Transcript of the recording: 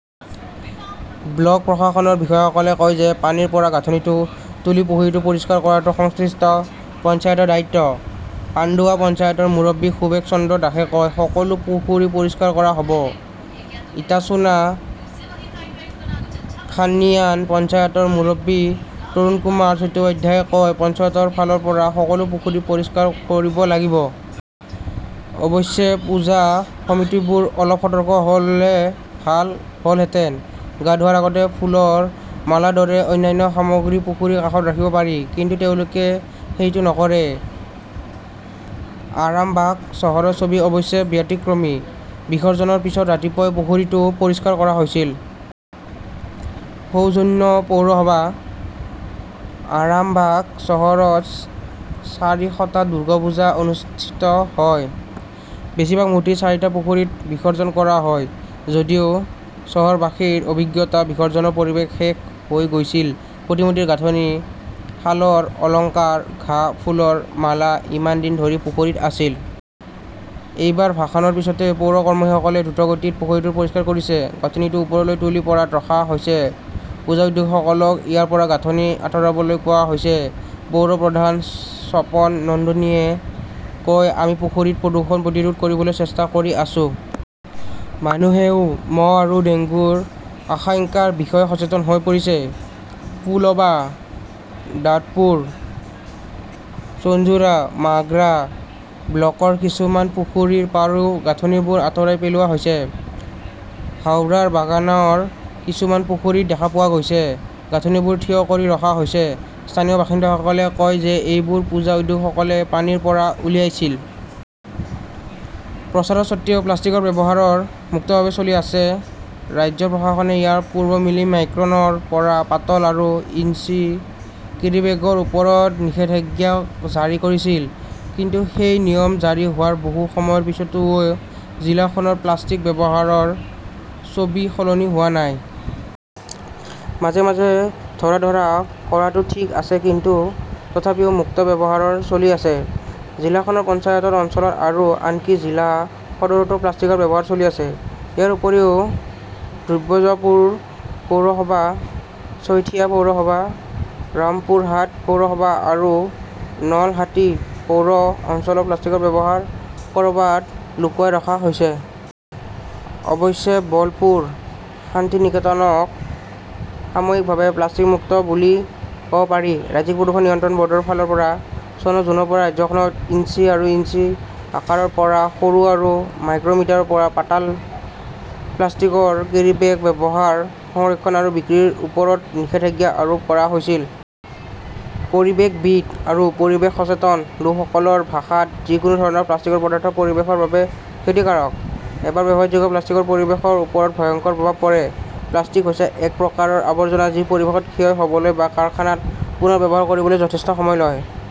Block প্ৰশাসনৰ বিষয়াসকলে কয় যে পানীৰ পৰা গাঁথনিটো তুলি পুখুৰীটো পৰিষ্কাৰ কৰাটো সংশ্লিষ্ট পঞ্চায়তৰ দায়িত্ব। পাণ্ডুৱা পঞ্চায়তৰ মুৰব্বী সুভাষ চন্দ্ৰ দাসে কয়, সকলো পুখুৰী পৰিষ্কাৰ কৰা হ'ব। ইটাচুনা-খান্নিয়ান পঞ্চায়তৰ মুৰব্বী তৰুণকুমাৰ চট্টোপাধ্যায়ই কয়, পঞ্চায়তৰ ফালৰ পৰা সকলো পুখুৰী পৰিষ্কাৰ কৰিব লাগিব। অৱশ্যে, পূজা সমিতিবোৰ অলপ সতৰ্ক হ'লে ভাল হ'লহেঁতেন। গা ধোৱাৰ আগতে ফুলৰ মালাৰ দৰে অন্যান্য সামগ্ৰী পুখুৰীৰ কাষত ৰাখিব পাৰি। কিন্তু তেওঁলোকে সেইটো নকৰে। আৰামবাগ চহৰৰ ছবি অৱশ্যে ব্যতিক্ৰমী। বিসৰ্জনৰ পিছৰ ৰাতিপুৱাই পুখুৰীটো পৰিষ্কাৰ কৰা হৈছিল। সৌজন্যে পৌৰসভা। আৰামবাগ চহৰত চাৰিশটা দুৰ্গা পূজা অনুষ্ঠিত হয়। বেছিভাগ মূৰ্তি চাৰিটা পুখুৰীত বিসৰ্জন কৰা হয়। যদিও চহৰবাসীৰ অভিজ্ঞতা, বিসৰ্জনৰ পৰিৱেশ শেষ হৈ গৈছিল, প্ৰতিমূৰ্তিৰ গাঁথনি, শালৰ অলংকাৰ, ঘাঁহ, ফুলৰ মালা ইমান দিন ধৰি পুখুৰীত আছিল। এইবাৰ ভাসনৰ পিছতে পৌৰ কৰ্মীসকলে দ্ৰুতগতিত পুখুৰীটো পৰিষ্কাৰ কৰিছে। গাঁথনিটো ওপৰলৈ তুলি পাৰত ৰখা হৈছে। পূজা উদ্যোগীসকলক ইয়াৰ পৰা গাঁথনি আতৰাবলৈ কোৱা হৈছে। পৌৰ প্ৰধান স্বপন নন্দীয়ে কয়, আমি পুখুৰীত প্ৰদূষণ প্ৰতিৰোধ কৰিবলৈ চেষ্টা কৰি আছো। মানুহেও মহ আৰু ডেংগুৰ আশংকাৰ বিষয়ে সচেতন হৈ পৰিছে। পোলবা-দাদপুৰ, চুঞ্চুৰা-মাগ্ৰা ব্লকৰ কিছুমান পুখুৰীৰ পৰাও গাঁথনিবোৰ আঁতৰাই পেলোৱা হৈছে। হাওৰাৰ বাগানৰ কিছুমান পুখুৰীত দেখা পোৱা গৈছে, গাঁথনিবোৰ থিয় কৰি ৰখা হৈছে। স্থানীয় বাসিন্দাসকলে কয় যে এইবোৰ পূজা উদ্যোগীসকলে পানীৰ পৰা উলিয়াইছিল। প্ৰচাৰৰ স্বত্বেও, প্লাষ্টিকৰ ব্যৱহাৰ মুক্তভাৱে চলি আছে ৰাজ্য প্ৰশাসনে ইয়াৰ পূৰ্বে মিলি মাইক্ৰনৰ পৰা পাতল আৰু ইঞ্চি কেৰিব্যাগৰ ওপৰত নিষেধাজ্ঞা জাৰি কৰিছিল। কিন্তু সেই নিয়ম জাৰি হোৱাৰ বহু সময়ৰ পিছতোব জিলাখনৰ প্লাষ্টিক ব্যৱহাৰৰ ছবি সলনি হোৱা নাই। মাজে মাজে ধৰা-ধৰা কৰাটো ঠিক আছে কিন্তু তথাপিও মুক্ত ব্যৱহাৰ চলি আছে। জিলাখনৰ পঞ্চায়ত অঞ্চলত আৰু আনকি জিলা সদৰতো প্লাষ্টিকৰ ব্যৱহাৰ চলি আছে। ইয়াৰ উপৰিও দুব্ৰজপুৰ পৌৰসভা, চৈথিয়া পৌৰসভা, ৰামপুৰহাট পৌৰসভা আৰু নলহাটি পৌৰ অঞ্চলত প্লাষ্টিকৰ ব্যৱহাৰ কৰবাত লুকুৱাই ৰখা হৈছে। অৱশ্যে, বলপুৰ শান্তিনিকেতনক সাময়িকভাৱে প্লাষ্টিক-মুক্ত বুলি কব পাৰি। ৰাজ্যিক প্ৰদূষণ নিয়ন্ত্ৰণ বৰ্ডৰ ফালৰ পৰা, চনৰ জুনৰ পৰা ৰাজ্যখনত ইঞ্চি আৰু ইঞ্চি আকাৰৰ পৰা সৰু আৰু মাইক্ৰ'মিটাৰৰ পৰা পাতল প্লাষ্টিকৰ কেৰিব্যাগ ব্যৱহাৰ, সংৰক্ষণ আৰু বিক্ৰীৰ ওপৰত নিষেধাজ্ঞা আৰোপ কৰা হৈছিল। পৰিৱেশবিদ আৰু পৰিৱেশ সচেতন লোকসকলৰ ভাষাত, যিকোনো ধৰণৰ প্লাষ্টিকৰ পদাৰ্থ পৰিৱেশৰ বাবে ক্ষতিকাৰক। এবাৰ ব্যৱহাৰযোগ্য প্লাষ্টিকৰ পৰিৱেশৰ ওপৰত ভয়ংকৰ প্ৰভাৱ পৰে। প্লাষ্টিক হৈছে এক প্ৰকাৰৰ আৱৰ্জনা যি পৰিৱেশত ক্ষয় হ 'বলৈ বা কাৰখানাত পুনৰ্ব্যৱহাৰ কৰিবলৈ যথেষ্ট সময় লয়।